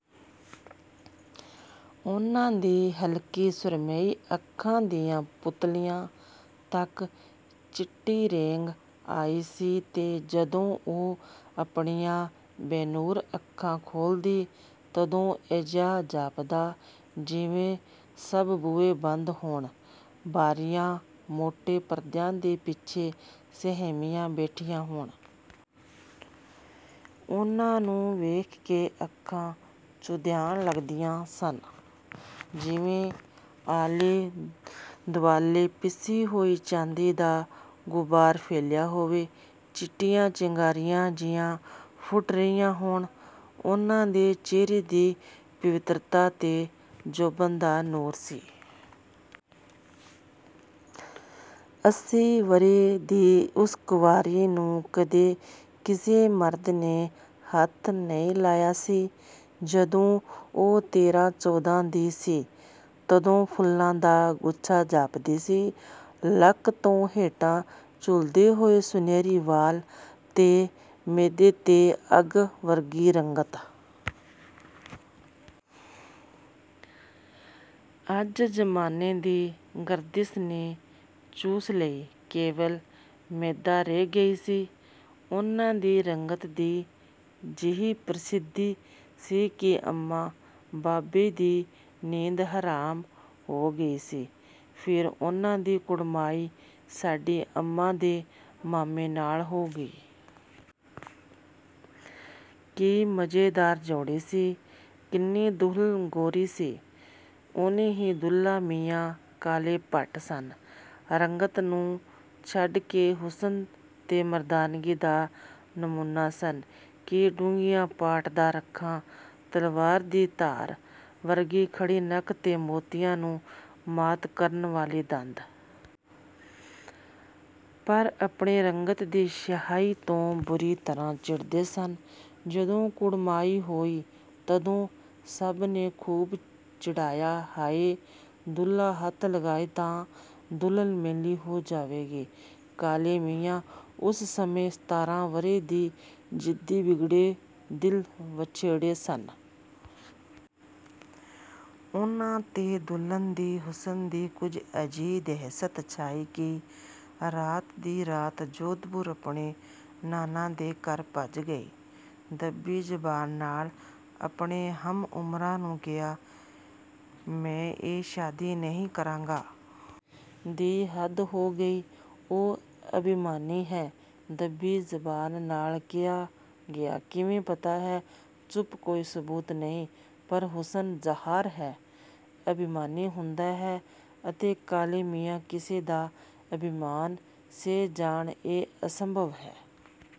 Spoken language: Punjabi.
ਉਨ੍ਹਾਂ ਦੀਆਂ ਹਲਕੀ ਸੁਰਮਈ ਅੱਖਾਂ ਦੀਆਂ ਪੁਤਲੀਆਂ ਤੱਕ ਚਿੱਟੀ ਰੇਂਘ ਆਈ ਸੀ ਤੇ ਜਦੋਂ ਉਹ ਆਪਣੀਆਂ ਬੇਨੂਰ ਅੱਖਾਂ ਖੋਲ੍ਹਦੀ, ਤਦੋਂ ਅਜਿਹਾ ਜਾਪਦਾ, ਜਿਵੇਂ ਸਭ ਬੂਹੇ ਬੰਦ ਹੋਣ। ਬਾਰੀਆਂ ਮੋਟੇ ਪਰਦਿਆਂ ਦੇ ਪਿੱਛੇ ਸਹਿਮੀਆਂ ਬੈਠੀਆਂ ਹੋਣ। ਉਨ੍ਹਾਂ ਨੂੰ ਵੇਖ ਕੇ ਅੱਖਾਂ ਚੁੰਧਿਆਣ ਲੱਗਦੀਆਂ ਸਨ, ਜਿਵੇਂ ਆਲੇ-ਦੁਆਲੇ ਪਿਸੀ ਹੋਈ ਚਾਂਦੀ ਦਾ ਗੁਬਾਰ ਫੈਲਿਆ ਹੋਵੇ। ਚਿੱਟੀਆਂ ਚਿੰਗਾਰੀਆਂ ਜਿਹੀਆਂ ਫੁੱਟ ਰਹੀਆਂ ਹੋਣ। ਉਨ੍ਹਾਂ ਦੇ ਚਿਹਰੇ 'ਤੇ ਪਵਿੱਤਰਤਾ ਤੇ ਜੋਬਨ ਦਾ ਨੂਰ ਸੀ। ਅੱਸੀ ਵਰ੍ਹੇ ਦੀ ਉਸ ਕੁਆਰੀ ਨੂੰ ਕਦੇ ਕਿਸੇ ਮਰਦ ਨੇ ਹੱਥ ਨਹੀਂ ਲਾਇਆ ਸੀ। ਜਦੋਂ ਉਹ ਤੇਰਾ-ਚੋਦ੍ਹਾ ਦੀ ਸੀ, ਤਦੋਂ ਫੁੱਲਾਂ ਦਾ ਗੁੱਛਾ ਜਾਪਦੀ ਸੀ। ਲੱਕ ਤੋਂ ਹੇਠਾਂ ਝੂਲਦੇ ਹੋਏ ਸੁਨਹਿਰੀ ਵਾਲ ਅਤੇ ਮੈਦੇ 'ਤੇ ਅੱਗ ਵਰਗੀ ਰੰਗਤ। ਅੱਜ ਜ਼ਮਾਨੇ ਦੀ ਗਰਦਿਸ਼ ਨੇ ਚੂਸ ਲਈ। ਕੇਵਲ ਮੈਦਾ ਰਹਿ ਗਈ ਸੀ। ਉਨ੍ਹਾਂ ਦੀ ਰੰਗਤ ਦੀ ਜਿਹੀ ਪ੍ਰਸਿੱਧੀ ਸੀ ਕਿ ਅੰਮਾ ਬਾਬੇ ਦੀ ਨੀਂਦ ਹਰਾਮ ਹੋ ਗਈ ਸੀ। ਫਿਰ ਉਨ੍ਹਾਂ ਦੀ ਕੁੜਮਾਈ ਸਾਡੀ ਅੰਮਾ ਦੇ ਮਾਮੇ ਨਾਲ ਹੋ ਗਈ। ਕੀ ਮਜ਼ੇਦਾਰ ਜੋੜੀ ਸੀ। ਕਿੰਨੀ ਦੁਲਹਨ ਗੋਰੀ ਸੀ, ਉਨੇ ਹੀ ਦੁਲਹਾ ਮੀਆਂ ਕਾਲੇ ਭੱਟ ਸਨ। ਰੰਗਤ ਨੂੰ ਛੱਡ ਕੇ ਹੁਸਨ ਤੇ ਮਰਦਾਨਗੀ ਦਾ ਨਮੂਨਾ ਸਨ। ਕੀ ਡੂੰਘੀਆਂ ਪਾਟਦਾਰ ਅੱਖਾਂ। ਤਲਵਾਰ ਦੀ ਧਾਰ ਵਰਗੀ ਖੜ੍ਹੀ ਨੱਕ ਤੇ ਮੋਤੀਆਂ ਨੂੰ ਮਾਤ ਕਰਨ ਵਾਲੇ ਦੰਦ। ਪਰ ਆਪਣੀ ਰੰਗਤ ਦੀ ਸਿਆਹੀ ਤੋਂ ਬੁਰੀ ਤਰ੍ਹਾਂ ਚਿੜ੍ਹਦੇ ਸਨ। ਜਦੋਂ ਕੁੜਮਾਈ ਹੋਈ, ਤਦੋਂ ਸਭ ਨੇ ਖੂਬ ਚਿੜ੍ਹਾਇਆ 'ਹਾਏ! ਦੂਲਹਾ ਹੱਥ ਲਗਾਏਗਾ ਤਾਂ ਦੁਲਹਨ ਮੈਲੀ ਹੋ ਜਾਵੇਗੀ।' ਕਾਲੇ ਮੀਆਂ ਉਸ ਸਮੇਂ ਸਤਾਰ੍ਹਾਂ ਵਰ੍ਹੇ ਦੇ ਜ਼ਿੱਦੀ, ਬਿਗੜੇ ਦਿਲ ਵਛੇੜੇ ਸਨ। ਉਨ੍ਹਾਂ 'ਤੇ ਦੁਲਹਨ ਦੇ ਹੁਸਨ ਦੀ ਕੁਝ ਅਜਿਹੀ ਦਹਿਸ਼ਤ ਛਾਈ ਕਿ ਰਾਤ ਦੀ ਰਾਤ ਜੋਧਪੁਰ ਆਪਣੇ ਨਾਨਾ ਦੇ ਘਰ ਭੱਜ ਗਏ। ਦੱਬੀ ਜ਼ਬਾਨ ਨਾਲ ਆਪਣੇ ਹਮ-ਉਮਰਾਂ ਨੂੰ ਕਿਹਾ, 'ਮੈਂ ਇਹ ਸ਼ਾਦੀ ਨਹੀਂ ਕਰਾਂਗਾ।' ਦੀ ਹੱਦ ਹੋ ਗਈ। 'ਉਹ ਅਭਿਮਾਨੀ ਹੈ।' ਦੱਬੀ ਜ਼ਬਾਨ ਨਾਲ ਕਿਹਾ ਗਿਆ। 'ਕਿਵੇਂ ਪਤਾ ਹੈ?' ਚੁੱਪ! ਕੋਈ ਸਬੂਤ ਨਹੀਂ, ਪਰ ਹੁਸਨ, ਜ਼ਾਹਰ ਹੈ, ਅਭਿਮਾਨੀ ਹੁੰਦਾ ਹੈ। ਅਤੇ ਕਾਲੇ ਮੀਆਂ ਕਿਸੇ ਦਾ ਅਭਿਮਾਨ ਸਹਿ ਜਾਣ ਇਹ ਅਸੰਭਵ ਹੈ।